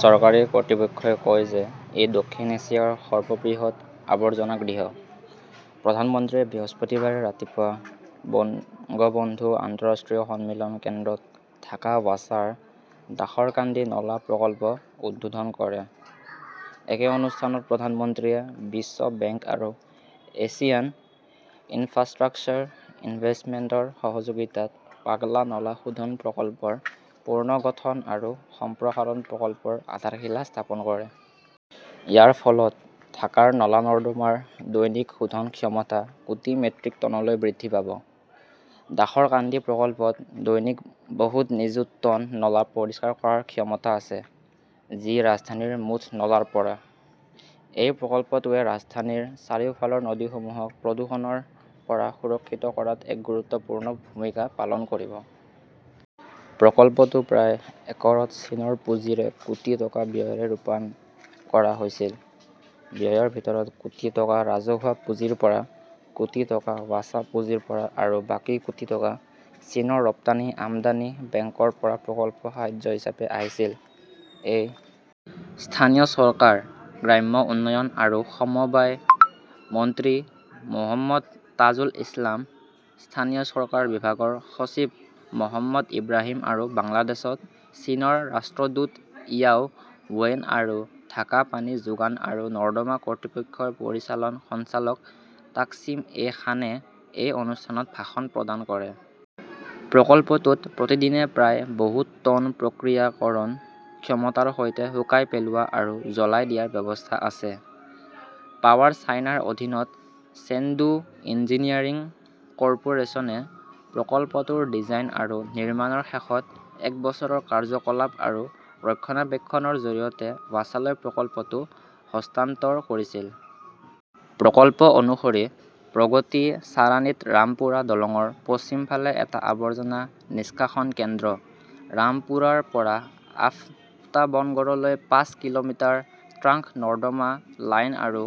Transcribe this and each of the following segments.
চৰকাৰী কৰ্তৃপক্ষই কয় যে ই দক্ষিণ এছিয়াৰ সৰ্ববৃহৎ আৱৰ্জনাগৃহ। প্ৰধানমন্ত্ৰীয়ে বৃহস্পতিবাৰে ৰাতিপুৱা বঙ্গবন্ধু আন্তঃৰাষ্ট্ৰীয় সন্মিলন কেন্দ্ৰত ঢাকা ৱাছাৰ দাসৰকান্দি নলা প্ৰকল্প উদ্বোধন কৰে। একে অনুষ্ঠানত প্ৰধানমন্ত্ৰীয়ে বিশ্ব বেংক আৰু এছিয়ান ইনফ্ৰাষ্ট্ৰাকচাৰ ইনভেষ্টমেণ্ট ৰ সহযোগিতাত পাগলা নলা শোধন প্ৰকল্পৰ পুনৰ্গঠন আৰু সম্প্ৰসাৰণ প্ৰকল্পৰ আধাৰশিলা স্থাপন কৰে। ইয়াৰ ফলত ঢাকাৰ নলা-নৰ্দমাৰ দৈনিক শোধন ক্ষমতা কোটি মেট্ৰিক টনলৈ বৃদ্ধি পাব। দাসৰকান্দি প্ৰকল্পত দৈনিক বহুত নিযুত টন নলা পৰিষ্কাৰ কৰাৰ ক্ষমতা আছে, যি ৰাজধানীৰ মুঠ নলাৰ ৰ পৰা। এই প্ৰকল্পটোৱে ৰাজধানীৰ চাৰিওফালৰ নদীসমূহক প্ৰদূষণৰ পৰা সুৰক্ষিত কৰাত এক গুৰুত্বপূৰ্ণ ভূমিকা পালন কৰিব। প্ৰকল্পটো প্ৰায় একৰত চীনৰ পুঁজিৰে কোটি টকা ব্যয়েৰে ৰূপায়ণ কৰা হৈছিল। ব্যয়ৰ ভিতৰত কোটি টকা ৰাজহুৱা পুঁজিৰ পৰা, কোটি টকা ৱাছা পুঁজিৰ পৰা আৰু বাকী কোটি টকা চীনৰ ৰপ্তানি-আমদানি বেংকৰ পৰা প্ৰকল্প সাহায্য হিচাপে আহিছিল। এই স্থানীয় চৰকাৰ, গ্ৰাম্য উন্নয়ন আৰু সমবায় মন্ত্ৰী মো. তাজুল ইছলাম, স্থানীয় চৰকাৰ বিভাগৰ সচিব মহম্মদ ইব্ৰাহিম আৰু বাংলাদেশত চীনৰ ৰাষ্ট্ৰদূত ইয়াও ৱেইন আৰু ঢাকা পানী যোগান আৰু নৰ্দমা কৰ্তৃপক্ষৰ পৰিচালন সঞ্চালক তাকসিম এ খানে এই অনুষ্ঠানত ভাষণ প্ৰদান কৰে। প্ৰকল্পটোত প্ৰতিদিনে প্ৰায় বহুত টন প্ৰক্ৰিয়াকৰণ ক্ষমতাৰ সৈতে শুকাই পেলোৱা আৰু জ্বলাই দিয়াৰ ব্যৱস্থা আছে। পাৱাৰ চাইনাৰ অধীনত চেংডু ইঞ্জিনিয়াৰিং কৰ্পোৰেচনে প্ৰকল্পটোৰ ডিজাইন আৰু নিৰ্মাণৰ শেষত এবছৰৰ কাৰ্য্যকলাপ আৰু ৰক্ষণাবেক্ষণৰ জৰিয়তে ৱাছালৈ প্ৰকল্পটো হস্তান্তৰ কৰিছিল। প্ৰকল্প অনুসৰি, প্ৰগতি ছাৰানীত ৰামপুৰা দলংৰ পশ্চিম ফালে এটা আৱৰ্জনা নিষ্কাশন কেন্দ্ৰ, ৰামপুৰাৰ পৰা আফতাবনগৰলৈ পাঁচ কিলোমিটাৰ ট্ৰাংক নৰ্দমা লাইন আৰু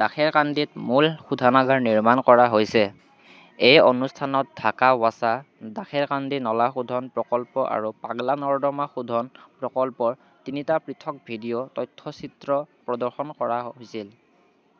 দাশেৰকাণ্ডীত মূল শোধনাগাৰ নিৰ্মাণ কৰা হৈছে। এই অনুষ্ঠানত ঢাকা ৱাছা, দাশেৰকান্দি নলা শোধন প্ৰকল্প আৰু পাগলা নৰ্দমা শোধন প্ৰকল্পৰ তিনিটা পৃথক ভিডিঅ 'তথ্যচিত্ৰ প্ৰদৰ্শন কৰা হৈছিল।